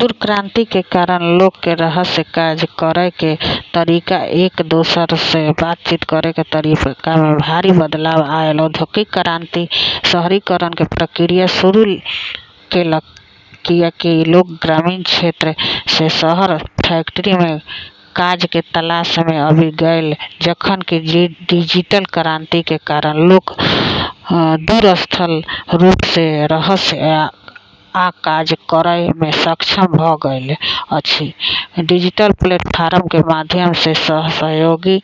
दुनू क्रान्ति के कारण लोक के रहय, काज करय के तरीका आ एक दोसरा सऽ बातचीत के तरीका मे भारी बदलाव आयल ।औद्योगिक क्रांति शहरीकरण के प्रक्रिया शुरू केलक, कियाकि लोक ग्रामीण क्षेत्र सऽ शहरक फैक्ट्री में काज के तलाश में आबि गेल, जखन कि डिजिटल क्रांति के कारण लोक दूरस्थ रूप सऽ रहय आ काज करय में सक्षम भऽ गेल अछि, डिजिटल प्लेटफॉर्म के माध्यम सऽ सहयोगी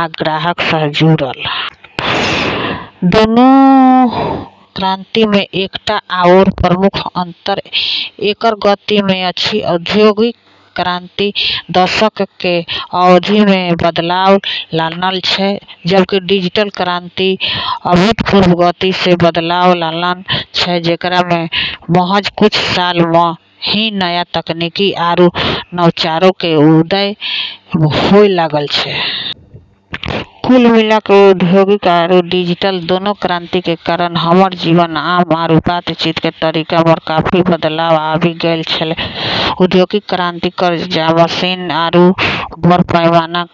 आ ग्राहक सऽ जुड़ल। दुनू क्रान्ति मे एकटा आओर प्रमुख अंतर एकर गति मे अछि। औद्योगिक क्रांति दशकऽ के अवधि मऽ बदलाव लानल छै, जबकि डिजिटल क्रांति अभूतपूर्व गति सऽ बदलाव लानल छै, जेकरा मऽ महज कुछ साल मऽ ही नया तकनीक आरू नवाचारो के उदय होय गेलऽ छै। कुल मिला कऽ औद्योगिक आरू डिजिटल दोनों क्रांति के कारण हमरऽ जीवन, काम आरू बातचीत के तरीका मऽ काफी बदलाव आबी गेलऽ छै। औद्योगिक क्रांति कऽ जहाँ मशीन आरू बड़ऽ पैमाना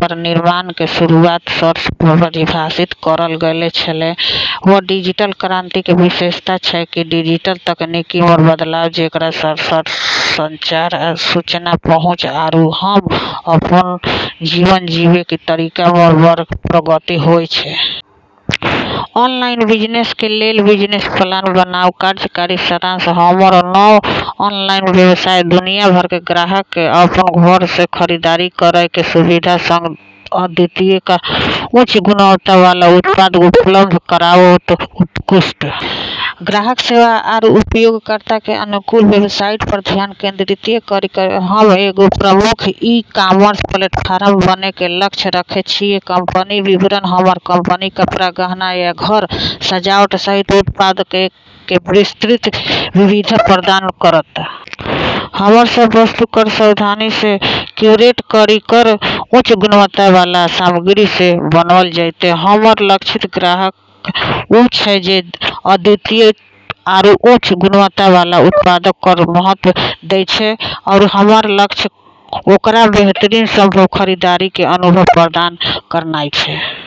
पर निर्माण के शुरूआत सऽ परिभाषित करलऽ गेलऽ छेलै, वैह डिजिटल क्रांति के विशेषता छै कि डिजिटल तकनीक मऽ बदलाव, जेकरा सऽ संचार, सूचना पहुँच आरू हम्म अपनऽ जीवन जीबै के तरीका मऽ बड़ऽ प्रगति होय छै। ऑनलाइन बिजनेस के लेल बिजनेस प्लान बनाउ। कार्यकारी सारांश: हमर नव ऑनलाइन व्यवसाय दुनिया भर के ग्राहक के अपन घर सऽ खरीदारी करय के सुविधा के संग अद्वितीय आ उच्च गुणवत्ता वाला उत्पाद उपलब्ध कराओत ।उत्कृष्ट ग्राहक सेवा आरू उपयोगकर्ता के अनुकूल वेबसाइट पर ध्यान केंद्रित करी कऽ हम्म एगो प्रमुख ई-कॉमर्स प्लेटफॉर्म बनै के लक्ष्य रखै छियै। कंपनी विवरण: हमर कंपनी कपड़ा, गहना, आ घर सजावट सहित उत्पाद के विस्तृत विविधता प्रदान करत। हमरऽ सब वस्तु कऽ सावधानी सऽ क्यूरेट करी कऽ उच्च गुणवत्ता वाला सामग्री सऽ बनलऽ जैतै। हमरऽ लक्षित ग्राहक वू छै जे अद्वितीय आरू उच्च गुणवत्ता वाला उत्पाद कऽ महत्व दै छै, आरू हमर लक्ष्य ओकरा बेहतरीन संभव खरीदारी के अनुभव प्रदान करनाइ छै।